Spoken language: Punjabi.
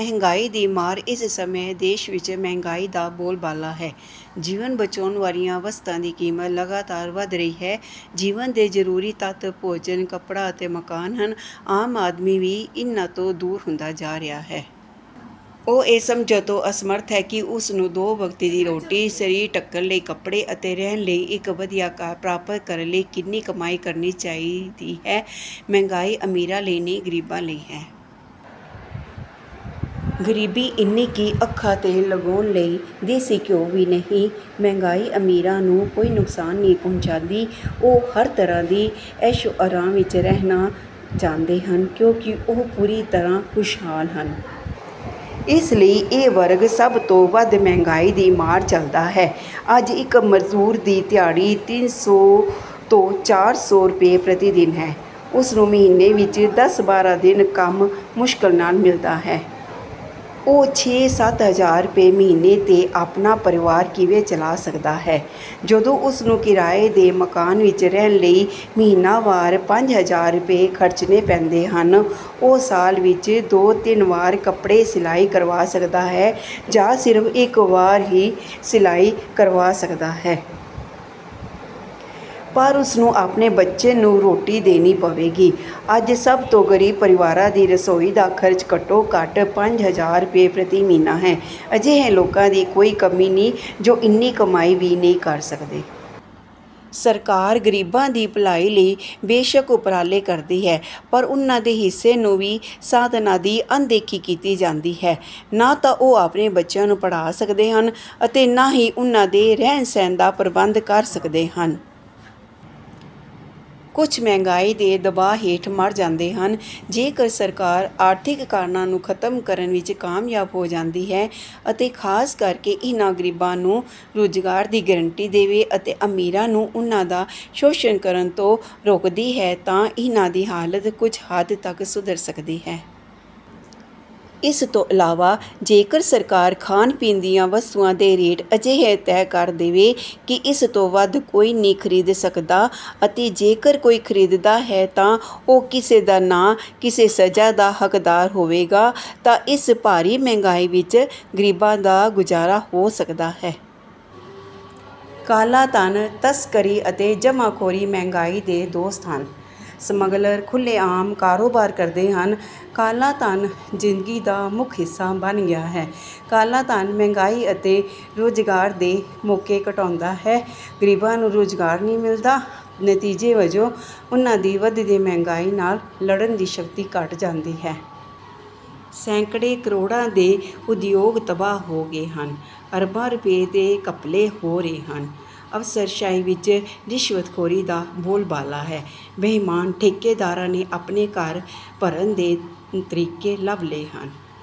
ਮਹਿੰਗਾਈ ਦੀ ਮਾਰ ਇਸ ਸਮੇਂ ਦੇਸ਼ ਵਿੱਚ ਮਹਿੰਗਾਈ ਦਾ ਬੋਲਬਾਲਾ ਹੈ। ਜੀਵਨ ਬਚਾਉਣ ਵਾਲੀਆਂ ਵਸਤਾਂ ਦੀ ਕੀਮਤ ਲਗਾਤਾਰ ਵਧ ਰਹੀ ਹੈ। ਜੀਵਨ ਦੇ ਜ਼ਰੂਰੀ ਤੱਤ ਭੋਜਨ, ਕੱਪੜਾ ਅਤੇ ਮਕਾਨ ਹਨ। ਆਮ ਆਦਮੀ ਵੀ ਇਨ੍ਹਾਂ ਤੋਂ ਦੂਰ ਹੁੰਦਾ ਜਾ ਰਿਹਾ ਹੈ। ਉਹ ਇਹ ਸਮਝਣ ਤੋਂ ਅਸਮਰੱਥ ਹੈ ਕਿ ਉਸਨੂੰ ਦੋ ਵਕਤ ਦੀ ਰੋਟੀ, ਸਰੀਰ ਢੱਕਣ ਲਈ ਕੱਪੜੇ ਅਤੇ ਰਹਿਣ ਲਈ ਇੱਕ ਵਧੀਆ ਘਰ ਪ੍ਰਾਪਤ ਕਰਨ ਲਈ ਕਿੰਨੀ ਕਮਾਈ ਕਰਨੀ ਚਾਹੀਦੀ ਹੈ। ਮਹਿੰਗਾਈ ਅਮੀਰਾਂ ਲਈ ਨਹੀਂ, ਗਰੀਬਾਂ ਲਈ ਹੈ। ਗਰੀਬੀ ਇੰਨੀ ਕਿ ਅੱਖਾਂ 'ਤੇ ਲਗਾਉਣ ਲਈ ਦੇਸੀ ਘਿਓ ਵੀ ਨਹੀਂ। ਮਹਿੰਗਾਈ ਅਮੀਰਾਂ ਨੂੰ ਕੋਈ ਨੁਕਸਾਨ ਨਹੀਂ ਪਹੁੰਚਾਉਂਦੀ। ਉਹ ਹਰ ਤਰ੍ਹਾਂ ਦੀ ਐਸ਼ੋ-ਆਰਾਮ ਵਿੱਚ ਰਹਿਣਾ ਜਾਣਦੇ ਹਨ ਕਿਉਂਕਿ ਉਹ ਪੂਰੀ ਤਰ੍ਹਾਂ ਖੁਸ਼ਹਾਲ ਹਨ। ਇਸ ਲਈ ਇਹ ਵਰਗ ਸਭ ਤੋਂ ਵੱਧ ਮਹਿੰਗਾਈ ਦੀ ਮਾਰ ਝੱਲਦਾ ਹੈ। ਅੱਜ ਇੱਕ ਮਜ਼ਦੂਰ ਦੀ ਦਿਹਾੜੀ ਤਿੰਨ ਸੌ ਤੋਂ ਚਾਰ ਸੌ ਰੁਪਏ ਪ੍ਰਤੀ ਦਿਨ ਹੈ। ਉਸ ਨੂੰ ਮਹੀਨੇ ਵਿੱਚ ਦਸ ਬਾਰਾਂ ਦਿਨ ਕੰਮ ਮੁਸ਼ਕਿਲ ਨਾਲ ਮਿਲਦਾ ਹੈ। ਉਹ ਛੇ-ਸੱਤ ਹਜ਼ਾਰ ਰੁਪਏ ਮਹੀਨੇ 'ਤੇ ਆਪਣਾ ਪਰਿਵਾਰ ਕਿਵੇਂ ਚਲਾ ਸਕਦਾ ਹੈ? ਜਦੋਂ ਉਸਨੂੰ ਕਿਰਾਏ ਦੇ ਮਕਾਨ ਵਿੱਚ ਰਹਿਣ ਲਈ ਮਹੀਨਾਵਾਰ ਪੰਜ ਹਜ਼ਾਰ ਰੁਪਏ ਖਰਚਣੇ ਪੈਂਦੇ ਹਨ। ਉਹ ਸਾਲ ਵਿੱਚ ਦੋ-ਤਿੰਨ ਵਾਰ ਕੱਪੜੇ ਸਿਲਾਈ ਕਰਵਾ ਸਕਦਾ ਹੈ, ਜਾਂ ਸਿਰਫ਼ ਇੱਕ ਵਾਰ ਹੀ ਸਿਲਾਈ ਕਰਵਾ ਸਕਦਾ ਹੈ। ਪਰ ਉਸਨੂੰ ਆਪਣੇ ਬੱਚੇ ਨੂੰ ਰੋਟੀ ਦੇਣੀ ਪਵੇਗੀ। ਅੱਜ ਸਭ ਤੋਂ ਗ਼ਰੀਬ ਪਰਿਵਾਰਾਂ ਦੀ ਰਸੋਈ ਦਾ ਖ਼ਰਚ ਘੱਟੋ-ਘੱਟ ਪੰਜ ਹਜ਼ਾਰ ਰੁਪਏ ਪ੍ਰਤੀ ਮਹੀਨਾ ਹੈ। ਅਜਿਹੇ ਲੋਕਾਂ ਦੀ ਕੋਈ ਕਮੀ ਨਹੀਂ ਜੋ ਇੰਨੀ ਕਮਾਈ ਵੀ ਨਹੀਂ ਕਰ ਸਕਦੇ। ਸਰਕਾਰ ਗਰੀਬਾਂ ਦੀ ਭਲਾਈ ਲਈ ਬੇਸ਼ੱਕ ਉਪਰਾਲੇ ਕਰਦੀ ਹੈ, ਪਰ ਉਨ੍ਹਾਂ ਦੇ ਹਿੱਸੇ ਨੂੰ ਵੀ ਸਾਧਨਾਂ ਦੀ ਅਣਦੇਖੀ ਕੀਤੀ ਜਾਂਦੀ ਹੈ। ਨਾ ਤਾਂ ਉਹ ਆਪਣੇ ਬੱਚਿਆਂ ਨੂੰ ਪੜ੍ਹਾ ਸਕਦੇ ਹਨ ਅਤੇ ਨਾ ਹੀ ਉਨ੍ਹਾਂ ਦੇ ਰਹਿਣ-ਸਹਿਣ ਦਾ ਪ੍ਰਬੰਧ ਕਰ ਸਕਦੇ ਹਨ। ਕੁਝ ਮਹਿੰਗਾਈ ਦੇ ਦਬਾਅ ਹੇਠ ਮਰ ਜਾਂਦੇ ਹਨ। ਜੇਕਰ ਸਰਕਾਰ ਆਰਥਿਕ ਕਾਰਨਾਂ ਨੂੰ ਖਤਮ ਕਰਨ ਵਿੱਚ ਕਾਮਯਾਬ ਹੋ ਜਾਂਦੀ ਹੈ ਅਤੇ ਖਾਸ ਕਰਕੇ ਇਹਨਾਂ ਗਰੀਬਾਂ ਨੂੰ ਰੁਜ਼ਗਾਰ ਦੀ ਗਰੰਟੀ ਦੇਵੇ ਅਤੇ ਅਮੀਰਾਂ ਨੂੰ ਉਹਨਾਂ ਦਾ ਸ਼ੋਸ਼ਣ ਕਰਨ ਤੋਂ ਰੋਕਦੀ ਹੈ ਤਾਂ ਇਹਨਾਂ ਦੀ ਹਾਲਤ ਕੁਝ ਹੱਦ ਤੱਕ ਸੁਧਰ ਸਕਦੀ ਹੈ। ਇਸ ਤੋਂ ਇਲਾਵਾ ਜੇਕਰ ਸਰਕਾਰ ਖਾਣ-ਪੀਣ ਦੀਆਂ ਵਸਤੂਆਂ ਦੇ ਰੇਟ ਅਜਿਹੇ ਤੈਅ ਕਰ ਦੇਵੇ ਕਿ ਇਸ ਤੋਂ ਵੱਧ ਕੋਈ ਨਹੀਂ ਖਰੀਦ ਸਕਦਾ ਅਤੇ ਜੇਕਰ ਕੋਈ ਖਰੀਦਦਾ ਹੈ ਤਾਂ ਉਹ ਕਿਸੇ ਨਾ ਕਿਸੇ ਸਜਾ ਦਾ ਹੱਕਦਾਰ ਹੋਵੇਗਾ ਤਾਂ ਇਸ ਭਾਰੀ ਮਹਿੰਗਾਈ ਵਿੱਚ ਗਰੀਬਾਂ ਦਾ ਗੁਜ਼ਾਰਾ ਹੋ ਸਕਦਾ ਹੈ। ਕਾਲਾ ਧਨ, ਤਸਕਰੀ ਅਤੇ ਜਮ੍ਹਾਖੋਰੀ ਮਹਿੰਗਾਈ ਦੇ ਦੋਸਤ ਹਨ। ਸਮੱਗਲਰ ਖੁੱਲ੍ਹੇਆਮ ਕਾਰੋਬਾਰ ਕਰਦੇ ਹਨ, ਕਾਲਾ ਧਨ ਜ਼ਿੰਦਗੀ ਦਾ ਮੁੱਖ ਹਿੱਸਾ ਬਣ ਗਿਆ ਹੈ। ਕਾਲਾ ਧਨ ਮਹਿੰਗਾਈ ਅਤੇ ਰੁਜ਼ਗਾਰ ਦੇ ਮੌਕੇ ਘਟਾਉਂਦਾ ਹੈ। ਗਰੀਬਾਂ ਨੂੰ ਰੁਜ਼ਗਾਰ ਨਹੀਂ ਮਿਲਦਾ, ਨਤੀਜੇ ਵਜੋਂ ਉਨ੍ਹਾਂ ਦੀ ਵਧਦੀ ਮਹਿੰਗਾਈ ਨਾਲ ਲੜਨ ਦੀ ਸ਼ਕਤੀ ਘੱਟ ਜਾਂਦੀ ਹੈ। ਸੈਂਕੜੇ ਕਰੋੜਾਂ ਦੇ ਉਦਯੋਗ ਤਬਾਹ ਹੋ ਗਏ ਹਨ। ਅਰਬਾਂ ਰੁਪਏ ਦੇ ਘਪਲੇ ਹੋ ਰਹੇ ਹਨ। ਅਫਸਰਸ਼ਾਹੀ ਵਿੱਚ ਰਿਸ਼ਵਤਖੋਰੀ ਦਾ ਬੋਲਬਾਲਾ ਹੈ। ਬੇਈਮਾਨ ਠੇਕੇਦਾਰਾਂ ਨੇ ਆਪਣੇ ਘਰ ਭਰਨ ਦੇ ਤਰੀਕੇ ਲੱਭ ਲਏ ਹਨ।